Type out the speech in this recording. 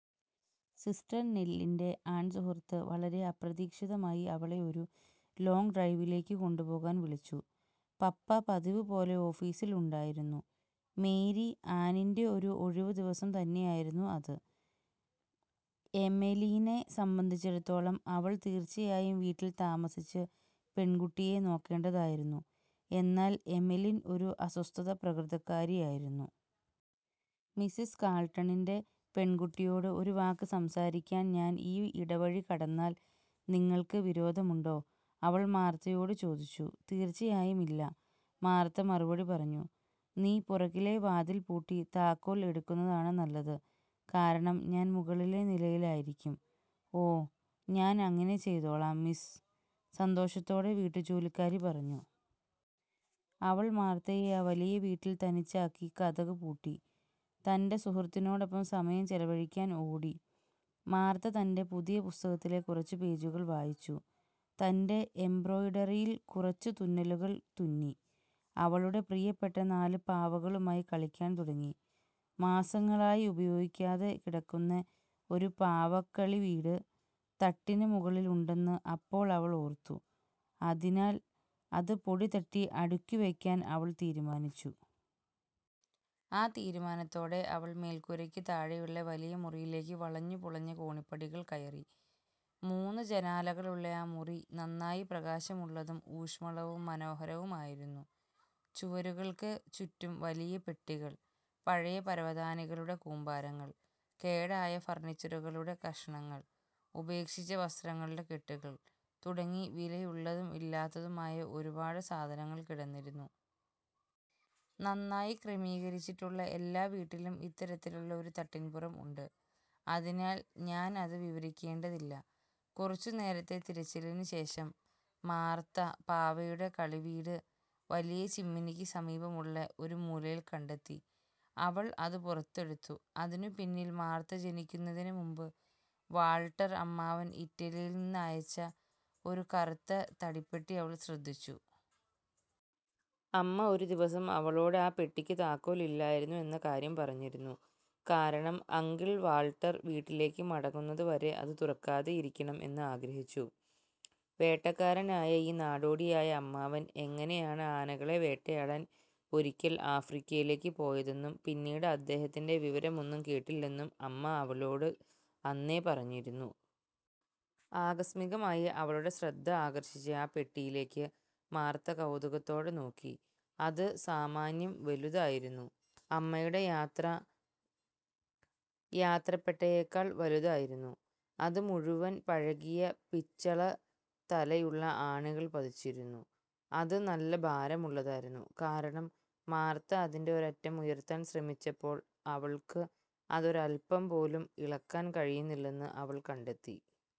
Sister നെല്ലിൻ്റെ ആൺസുഹൃത്ത് വളരെ അപ്രതീക്ഷിതമായി അവളെ ഒരു ലോംഗ് ഡ്രൈവിലേക്ക് കൊണ്ടുപോകാൻ വിളിച്ചു. പപ്പ പതിവുപോലെ ഓഫീസിൽ ഉണ്ടായിരുന്നു. മേരി ആനിൻ്റെ ഒരു ഒഴിവ് ദിവസം തന്നെ ആയിരുന്നു അത്. എമെലീനെ സംബന്ധിച്ചിടത്തോളം, അവൾ തീർച്ചയായും വീട്ടിൽ താമസിച്ച് പെൺകുട്ടിയെ നോക്കേണ്ടതായിരുന്നു; എന്നാൽ എമെലിൻ ഒരു അസ്വസ്ഥത പ്രകൃതക്കാരിയായിരുന്നു. "മിസ്സിസ് കാൾട്ടണിൻ്റെ പെൺകുട്ടിയോട് ഒരു വാക്ക് സംസാരിക്കാൻ ഞാൻ ഈ ഇടവഴി കടന്നാൽ നിങ്ങൾക്ക് വിരോധമുണ്ടോ? " അവൾ മാർത്തയോട് ചോദിച്ചു. "തീർച്ചയായും ഇല്ല," മാർത്ത മറുപടി പറഞ്ഞു. "നീ പുറകിലെ വാതിൽ പൂട്ടി താക്കോൽ എടുക്കുന്നതാണ് നല്ലത്, കാരണം ഞാൻ മുകളിലെ നിലയിലായിരിക്കും. " "ഓ, ഞാൻ അങ്ങിനെ ചെയ്തോളാം, മിസ്സ്," സന്തോഷത്തോടെ വീട്ടുജോലിക്കാരി പറഞ്ഞു. അവൾ മാർത്തയെ ആ വലിയ വീട്ടിൽ തനിച്ചാക്കി, കതക് പൂട്ട,ി തൻ്റെ സുഹൃത്തിനോടൊപ്പം സമയം ചെലവഴിക്കാൻ ഓടി. മാർത്ത തൻ്റെ പുതിയ പുസ്തകത്തിലെ കുറച്ച് പേജുകൾ വായിച്ചു, തൻ്റെ എംബ്രോയ്ഡറിയിൽ കുറച്ച് തുന്നലുകൾ തുന്നി, അവളുടെ പ്രിയപ്പെട്ട നാല് പാവകളുമായി കളിക്കാൻ തുടങ്ങി. മാസങ്ങളായി ഉപയോഗിക്കാതെ കിടക്കുന്ന ഒരു പാവക്കളിവീട് തട്ടിന് മുകളിൽ ഉണ്ടെന്ന് അപ്പോൾ അവൾ ഓർത്തു, അതിനാൽ അത് പൊടിതട്ടി അടുക്കി വയ്ക്കാൻ അവൾ തീരുമാനിച്ചു. ആ തീരുമാനത്തോടെ അവൾ മേൽക്കൂരയ്ക്ക് താഴെയുള്ള വലിയ മുറിയിലേക്ക് വളഞ്ഞുപുളഞ്ഞ കോണിപ്പടികൾ കയറി. മൂന്ന് ജനാലകളുള്ള ആ മുറി നന്നായി പ്രകാശമുള്ളതും ഊഷ്മളവും മനോഹരവുമായിരുന്നു. ചുവരുകൾക്ക് ചുറ്റും വലിയ പെട്ടികൾ, പഴയ പരവതാനികളുടെ കൂമ്പാരങ്ങൾ, കേടായ ഫർണിച്ചറുകളുടെ കഷണങ്ങൾ, ഉപേക്ഷിച്ച വസ്ത്രങ്ങളുടെ കെട്ടുകൾ, തുടങ്ങി വിലയുള്ളതും ഇല്ലാത്തതുമായ ഒരു പാട് സാധനങ്ങൾ കിടന്നിരുന്നു. നന്നായി ക്രമീകരിച്ചിട്ടുള്ള എല്ലാ വീട്ടിലും ഇത്തരത്തിലുള്ള ഒരു തട്ടിൻപുറം ഉണ്ട്, അതിനാൽ ഞാൻ അത് വിവരിക്കേണ്ടതില്ല. കുറച്ച് നേരത്തെ തിരച്ചിലിന് ശേഷം മാർത്ത പാവയുടെ കളി വീട് വലിയ ചിമ്മിനിക്ക് സമീപമുള്ള ഒരു മൂലയിൽ കണ്ടെത്തി. അവൾ അത് പുറത്തെടുത്തു, അതിനു പിന്നിൽ മാർത്ത ജനിക്കുന്നതിന് മുമ്പ് വാൾട്ടർ അമ്മാവൻ ഇറ്റലിയിൽ നിന്ന് അയച്ച ഒരു കറുത്ത തടിപ്പെട്ടി അവൾ ശ്രദ്ധിച്ചു. അമ്മ ഒരു ദിവസം അവളോട് ആ പെട്ടിക്ക് താക്കോൽ ഇല്ലായിരുന്നു എന്ന കാര്യം പറഞ്ഞിരുന്നു., കാരണം അങ്കിൾ വാൾട്ടർ വീട്ടിലേക്ക് മടങ്ങുന്നത് വരെ അത് തുറക്കാതെയിരിക്കണം എന്ന് ആഗ്രഹിച്ചു. വേട്ടക്കാരനായ ഈ നാടോടിയായ അമ്മാവൻ എങ്ങനെയാണ് ആനകളെ വേട്ടയാടാൻ ഒരിയ്ക്കൽ ആഫ്രിക്കയിലേക്ക് പോയതെന്നും പിന്നീട് അദ്ദേഹത്തിന്റെ വിവരമൊന്നും കേട്ടില്ലെന്നും അമ്മ അവലോട് അന്നേ പറഞ്ഞിരുന്നു. ആകസ്മികമായി അവളുടെ ശ്രദ്ധ ആകർഷിച്ച ആ പെട്ടിയിലേക്ക് മാർത്ത കൗതുകത്തോടെ നോക്കി. അത് സാമാന്യം വലുതായിരുന്നു—അമ്മയുടെ യാത്രാ യാത്രപ്പെട്ടയേക്കാൾ വലുതായിരുന്നു. അത് മുഴുവൻ പഴകിയ പിച്ചളത്തലയുള്ള ആണികൾ പതിച്ചിരുന്നു. അത് നല്ല ഭാരമുള്ളതായിരുന്നു, കാരണം, മാർത്ത അതിൻ്റെ ഒരറ്റം ഉയർത്താൻ ശ്രമിച്ചപ്പോൾ അവൾക്ക് അതൊരൽപ്പം പോലും ഇളക്കാൻ കഴിയുന്നില്ലെന്ന് അവൾ കണ്ടെത്തി.